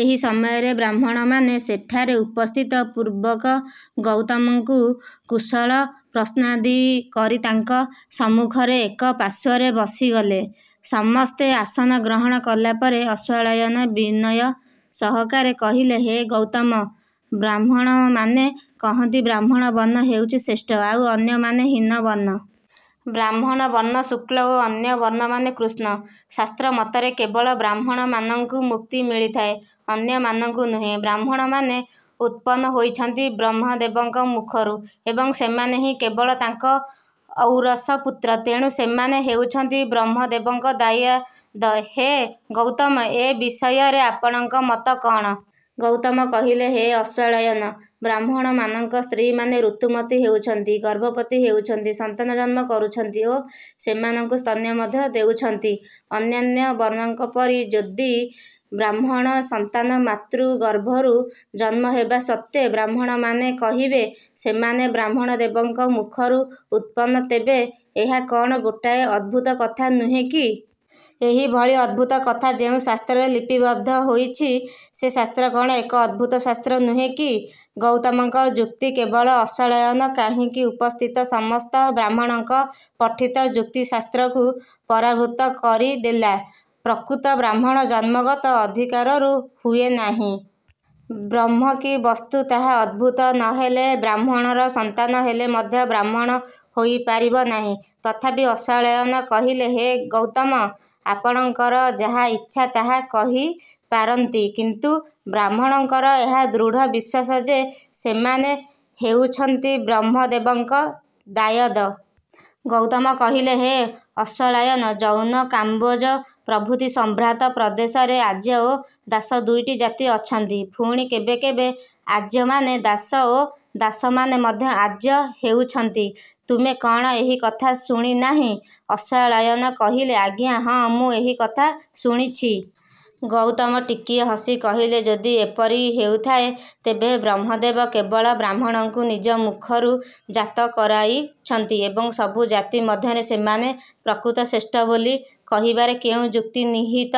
ଏହି ସମୟରେ ବ୍ରାହ୍ମଣମାନେ ସେଠାରେ ଉପସ୍ଥିତ ପୂର୍ବକ ଗୌତମଙ୍କୁ କୁଶଳ ପ୍ରଶ୍ନାଦି କରି ତାଙ୍କ ସମ୍ମୁଖର ଏକ ପାର୍ଶ୍ୱରେ ବସିଗଲେ। ସମସ୍ତେ ଆସନ ଗ୍ରହଣ କଲାପରେ ଅଶ୍ୱଳାୟନ ବିନୟ ସହକାରେ କହିଲେ, ହେ ଗୌତମ! ବ୍ରାହ୍ମଣମାନେ କହନ୍ତି ବ୍ରାହ୍ମଣ ବର୍ଣ୍ଣ ହେଉଛି ଶ୍ରେଷ୍ଠ ଆଉ ଅନ୍ୟମାନେ ହୀନବର୍ଣ୍ଣ। ବ୍ରାହ୍ମଣ ବର୍ଣ୍ଣ ଶୁକ୍ଳ ଓ ଅନ୍ୟ ବର୍ଣ୍ଣମାନେ କୃଷ୍ଣ। ଶାସ୍ତ୍ର ମତରେ କେବଳ ବ୍ରାହ୍ମଣମାନଙ୍କୁ ମୁକ୍ତି ମିଳିଥାଏ, ଅନ୍ୟମାନଙ୍କୁ ନୁହେଁ। ବ୍ରାହ୍ମଣମାନେ ଉତ୍ପନ୍ନ ହୋଇଛନ୍ତି ବ୍ରହ୍ମଦେବଙ୍କ ମୁଖରୁ ଏବଂ ସେମାନେ ହିଁ କେବଳ ତାଙ୍କ ଔରସ ପୁତ୍ର, ତେଣୁ ସେମାନେ ହେଉଛନ୍ତି ବ୍ରହ୍ମଦେବଙ୍କ ଦାୟାଦ। ହେ ଗୌତମ ଏ ବିଷୟରେ ଆପଣଙ୍କ ମତ କ'ଣ? ଗୌତମ କହିଲେ, ହେ ଅଶ୍ୱଳାୟନ! ବ୍ରାହ୍ମଣମାନଙ୍କ ସ୍ତ୍ରୀମାନେ ଋତୁମତି ହେଉଛନ୍ତି, ଗର୍ଭବତୀ ହେଉଛନ୍ତି, ସନ୍ତାନ ଜନ୍ମ କରୁଛନ୍ତି ଓ ସେମାନଙ୍କୁ ସ୍ତନ୍ୟ ମଧ୍ୟ ଦେଉଛନ୍ତି। ଅନ୍ୟାନ୍ୟ ବର୍ଣ୍ଣଙ୍କ ପରି ଯଦି ବ୍ରାହ୍ମଣ ସନ୍ତାନ ମାତୃଗର୍ଭରୁ ଜନ୍ମ ହେବା ସତ୍ତ୍ୱେ ବ୍ରାହ୍ମଣମାନେ କହିବେ ସେମାନେ ବ୍ରହ୍ମଦେବଙ୍କ ମୁଖରୁ ଉତ୍ପନ୍ନ, ତେବେ ଏହା କଣ ଗୋଟାଏ ଅଦ୍ଭୁତ କଥା ନୁହେଁ କି? ଏହିଭଳି ଅଦ୍ଭୁତକଥା ଯେଉଁ ଶାସ୍ତ୍ରରେ ଲିପିବଦ୍ଧ ହୋଇଛି ସେ ଶାସ୍ତ୍ର କଣ ଏକ ଅଦ୍ଭୁତ ଶାସ୍ତ୍ର ନୁହେଁ କି? ଗୌତମଙ୍କ ଯୁକ୍ତି କେବଳ ଅଶ୍ୱଳାୟନ କାହିଁକି ଉପସ୍ଥିତ ସମସ୍ତ ବ୍ରାହ୍ମଣଙ୍କ ପଠିତ ଯୁକ୍ତି ଶାସ୍ତ୍ରକୁ ପରାଭୂତ କରିଦେଲା। ପ୍ରକୃତ ବ୍ରାହ୍ମଣ ଜନ୍ମଗତ ଅଧିକାରରୁ ହୁଏ ନାହିଁ। ବ୍ରହ୍ମ କି ବସ୍ତୁ ତାହା ଅନୁଭୂତ ନହେଲେ ବ୍ରାହ୍ମଣର ସନ୍ତାନ ହେଲେ ମଧ୍ୟ ବ୍ରାହ୍ମଣ ହୋଇପାରିବ ନାହିଁ। ତଥାପି ଅଶ୍ୱଳାୟନ କହିଲେ, ହେ ଗୌତମ! ଆପଣଙ୍କର ଯାହା ଇଚ୍ଛା ତାହା କହିପାରନ୍ତି କିନ୍ତୁ ବ୍ରାହ୍ମଣଙ୍କର ଏହା ଦୃଢ଼ ବିଶ୍ୱାସ ଯେ ସେମାନେ ହେଉଛନ୍ତି ବ୍ରହ୍ମଦେବଙ୍କ ଦାୟାଦ। ଗୌତମ କହିଲେ ହେ ଅଶ୍ୱଳାୟନ! ଯୌନ, କାମ୍ୱୋଜ ପ୍ରଭୃତି ସମ୍ଭ୍ରାନ୍ତ ପ୍ରଦେଶରେ ଆର୍ଯ୍ୟ ଓ ଦାସ ଦୁଇଟି ଜାତି ଅଛନ୍ତି। ପୁଣି କେବେ କେବେ ଆର୍ଯ୍ୟମାନେ ଦାସ ଓ ଦାସମାନେ ମଧ୍ୟ ଆର୍ଯ୍ୟ ହେଉଛନ୍ତି। ତୁମେ କଣ ଏହିକଥା ଶୁଣିନାହିଁ? ଅଶ୍ୱଳାୟନ କହିଲେ, ଆଜ୍ଞା ହଁ ମୁଁ ଏହିକଥା ଶୁଣିଛି। ଗୌତମ ଟିକିଏ ହସି କହିଲେ, ଯଦି ଏପରି ହେଊଥାଏ, ତେବେ ବ୍ରହ୍ମଦେବ କେବଳ ବ୍ରାହ୍ମଣଙ୍କୁ ନିଜ ମୁଖରୁ ଜାତ କରାଇଛନ୍ତି ଏବଂ ସବୁ ଜାତି ମଧ୍ୟରେ ସେମାନେ ପ୍ରକୃତ ଶ୍ରେଷ୍ଠ ବୋଲି କହିବାରେ କେଉଁ ଯୁକ୍ତି ନିହିତ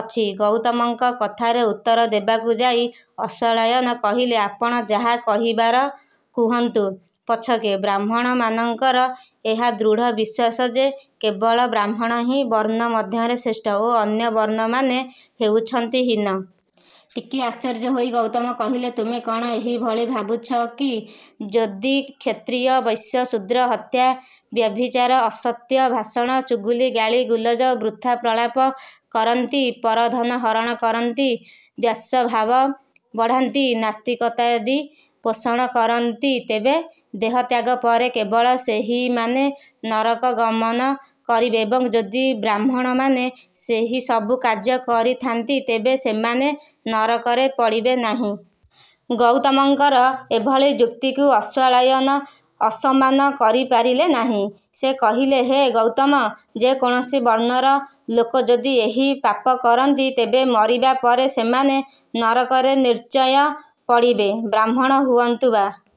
ଅଛି? ଗୌତମଙ୍କ କଥାର ଉତ୍ତର ଦେବାକୁ ଯାଇ ଅଶ୍ୱଳାୟନ କହିଲେ, ଆପଣ ଯାହା କହିବାର କୁହନ୍ତୁ ପଛକେ ବ୍ରାହ୍ମଣମାନଙ୍କର ଏହା ଦୃଢ଼ ବିଶ୍ୱାସ ଯେ କେବଳ ବ୍ରାହ୍ମଣହିଁ ବର୍ଣ୍ଣ ମଧ୍ୟରେ ଶ୍ରେଷ୍ଠ ଓ ଅନ୍ୟ ବର୍ଣ୍ଣମାନେ ହେଉଛନ୍ତି ହୀନ। ଟିକିଏ ଆଶ୍ଚର୍ଯ୍ୟ ହୋଇ ଗୌତମ କହିଲେ, ତୁମେ କଣ ଏହିଭଳି ଭାବୁଛ କି-ଯଦି କ୍ଷତ୍ରୀୟ, ବୈଶ୍ୟ, ଶୂଦ୍ର, ହତ୍ୟା, ବ୍ୟଭିଚାର, ଅସତ୍ୟ ଭାଷଣ, ଚୁଗୁଲି ଗାଳି, ଗୁଳଜ ବୃଥାପ୍ରଳାପ କରନ୍ତି, ପରଧନ ହରଣ କରନ୍ତି, ଦ୍ୱେଷଭାବ ବଢ଼ାନ୍ତି, ନାସ୍ତିକତାଦି ପୋଷଣ କରନ୍ତି ତେବେ ଦେହତ୍ୟାଗ ପରେ କେବଳ ସେହିମାନେ ନରକ ଗମନ କରିବେ ଏବଂ ଯଦି ବ୍ରାହ୍ମଣମାନେ ସେହିସବୁ କାର୍ଯ୍ୟ କରିଥାନ୍ତି ତେବେ ସେମାନେ ନରକରେ ପଡ଼ିବେ ନାହିଁ? ଗୌତମଙ୍କର ଏଭଳି ଯୁକ୍ତିକୁ ଅଶ୍ୱଳାୟନ ଅସମ୍ମାନ କରିପାରିଲେ ନାହିଁ। ସେ କହିଲେ, ହେ ଗୌତମ! ଯେ କୌଣସି ବର୍ଣ୍ଣର ଲୋକ ଯଦି ଏହି ପାପ କରନ୍ତି, ତେବେ ମରିବା ପରେ ସେମାନେ ନରକରେ ନିଶ୍ଚୟ ପଡ଼ିବେ। ବ୍ରାହ୍ମଣ ହୁଅନ୍ତୁ ବା